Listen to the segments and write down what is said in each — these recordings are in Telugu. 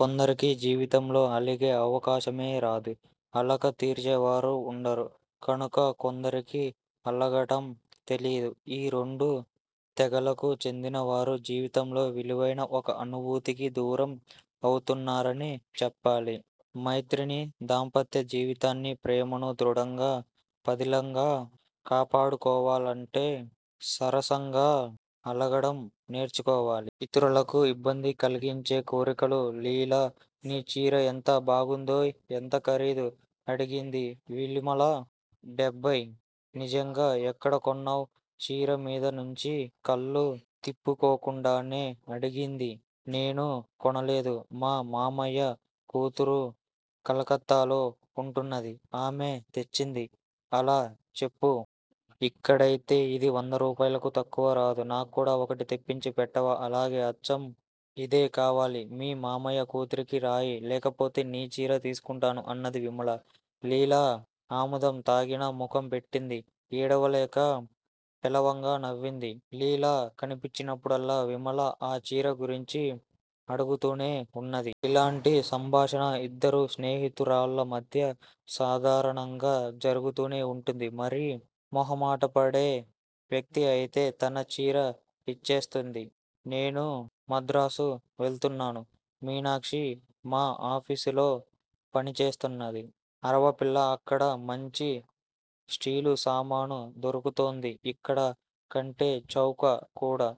కొందరికి జీవితంలో అలిగే అవకాశమే రాదు అలక తీర్చేవారు ఉండరు కనుక కొందరికి అలగడం తెలియదు. ఈ రెండు తెగలకు చెందినవారు జీవితంలో విలువైన ఒక అనుభూతికి దూరం అవుతున్నారనే చెప్పాలి. మైత్రిని దాంపత్య జీవితాన్నీ ప్రేమనూ దృఢంగా పదిలంగా కాపాడుకోవాలంటే సరసంగా అలగడం నేర్చుకోవాలి. ఇతరులకు ఇబ్బంది కలిగించే కోరికలు లీలా! నీ చీర ఎంత బాగుందోయ్? ఎంత ఖరీదు? అడిగింది విమల. డెబ్బయ్! నిజంగా? ఎక్కడ కొన్నావ్? చీర మీద నుంచి కళ్ళు తిప్పుకోకుండానే అడిగింది. నేను కొనలేదు. మా మామయ్య కూతురు కలకత్తాలో ఉంటున్నది. ఆమె తెచ్చింది. అలా చెప్పు! ఇక్కడైతే ఇది వందరూపాయలకు తక్కువ రాదు. నాక్కూడా ఒకటి తెప్పించి పెట్టవూ? అలాగే! అచ్చం ఇదే కావాలి! మీ మామయ్య కూతురికి రాయి లేకపోతే నీ చీరే తీసుకుంటాను అన్నది విమల. లీల ఆముదం తాగిన ముఖం పెట్టింది. ఏడవలేక పెలవంగా నవ్వింది. లీల కన్పించినప్పుడల్లా విమల ఆ చీర గురించి అడుగుతూనే ఉన్నది. ఇలాంటి సంభాషణ ఇద్దరు స్నేహితురాళ్ళ మధ్య సాధారణంగా జరుగుతూనే ఉంటుంది. మరీ మొహమాటపడే వ్యక్తి అయితే తన చీర ఇచ్చేస్తుంది. నేను మద్రాసు వెళ్తున్నాను. మీనాక్షి మా ఆఫీసులో పనిచేస్తున్నది. అరవపిల్ల అక్కడ మంచి స్టీలు సామాను దొరుకుతుంది ఇక్కడ కంటే చౌక కూడా.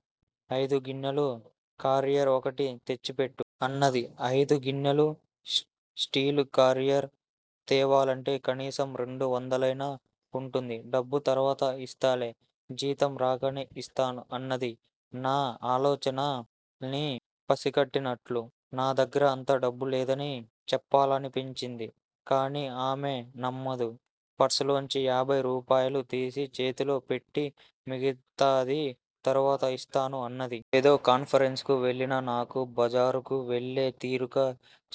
ఐదు గిన్నెలు కారియర్ ఒకటి తెచ్చి పెట్టు! అన్నది. ఐదు గిన్నెలు స్టీలు కారియర్ తేవాలంటే కనీసం రెండు వందలైనా ఉంటుంది. డబ్బు తర్వాత ఇస్తాలే. జీతం రాగానే ఇస్తాను అన్నది నా ఆలోచనల్ని పసికట్టినట్లు. నా దగ్గర అంత డబ్బులేదని చెప్పాలనిపించింది. కాని ఆమె నమ్మదు. పర్సులోంచి యాభై రూపాయలు తీసి చేతిలో పెట్టి మిగతాది తర్వాత ఇస్తాను అన్నది. ఏదో కాన్ఫరెన్సుకు వెళ్ళిన నాకు బజారుకు వెళ్ళే తీరిక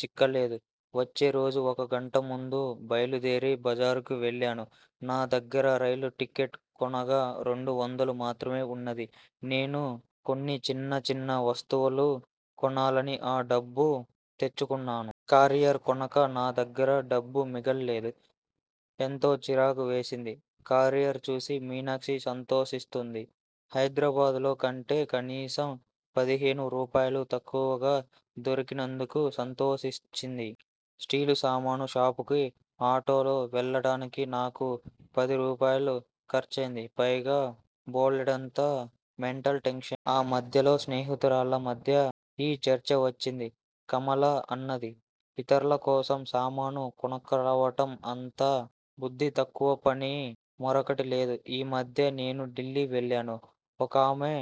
చిక్కలేదు. వచ్చే రోజు ఒక గంట ముందు బయలుదేరి బజారుకు వెళ్ళాను. నా దగ్గర రైలు టికెట్ కొనగా రెండు వందలు మాత్రమే ఉన్నది. నేను కొన్ని చిన్న చిన్న వస్తువులు కొనాలని ఆ డబ్బు తెచ్చుకున్నాను. కారియర్ కొన్నాక నా దగ్గర డబ్బు మిగల్లేదు. ఎంతో చిరాకు వేసింది. కారియర్ చూసి మీనాక్షి సంతోషిస్తుంది. హైదరాబాద్ లో కంటే కనీసం పదిహేను రూపాయలు తక్కువగా దొరికినందుకు సంతోషించింది. స్టీల్ సామాను షాపుకి ఆటోలో వెళ్ళడానికి నాకు పది రూపాయలు ఖర్చయింది. పైగా బోలెడంత మెంటల్ టెన్షన్. ఆ మధ్యలో స్నేహితురాళ్ళ మధ్య ఈ చర్చ వచ్చింది. కమల అన్నది ఇతర్ల కోసం సామాను కొనుక్కురావడం అంతబుద్ధి తక్కువపని మరొకటి లేదు. ఈ మధ్య నేను ఢిల్లీ వెళ్ళాను. ఒకామె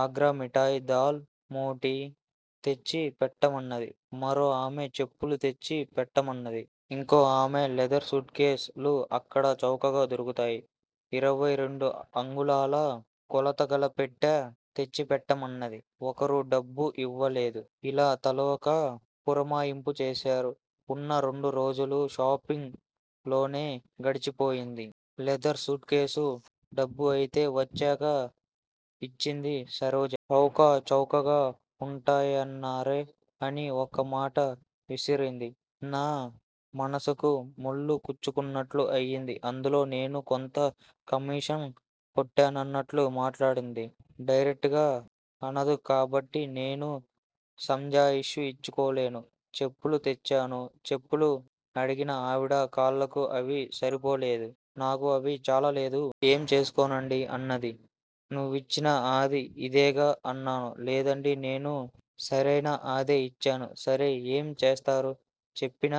ఆగ్రా మిఠాయి దాల్ మోటీ తెచ్చి పెట్టమన్నది. మరో ఆమె చెప్పులు తెచ్చి పెట్టమన్నది. ఇంకో ఆమె లెదర్ సూట్ కేస్ లు అక్కడ చౌకగా దొరుకుతాయి. ఇరవై రెండు అంగుళాల కొలతగల పెట్టె తెచ్చిపెట్టమన్నది. ఒక్కరూ డబ్బు ఇవ్వలేదు. ఇలా తలొక పురమాయింపు చేశారు. ఉన్న రెండు రోజులూ షాపింగ్ లోనే గడిచిపోయింది. లెదర్ సూట్ కేసు డబ్బు అయితే వచ్చాక ఇచ్చింది సరోజ. చౌక చౌకగా ఉంటాయన్నారే అని ఒక మాట విసిరింది. నా మనసుకు ముల్లు గుచ్చుకున్నట్లు అయింది. అందులో నేను కొంత కమీషన్ కొట్టానన్నట్లు మాట్లాడింది. డైరెక్టుగా అనదు కాబట్టి నేను సంజాయిషీ ఇచ్చుకోలేను. చెప్పులు తెచ్చాను. చెప్పులు అడిగిన ఆవిడ కాళ్ళకు అవి సరిపోలేదు. నాకు అవి చాలలేదు. ఏం చేసుకోనండీ! అన్నది. నువ్విచ్చిన ఆది ఇదేగా అన్నాను. లేదండీ నేను సరైన ఆదే ఇచ్చాను. సరే ఏం చేస్తారు. చెప్పిన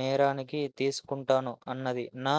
నేరానికి తీసుకుంటాను అన్నది. నా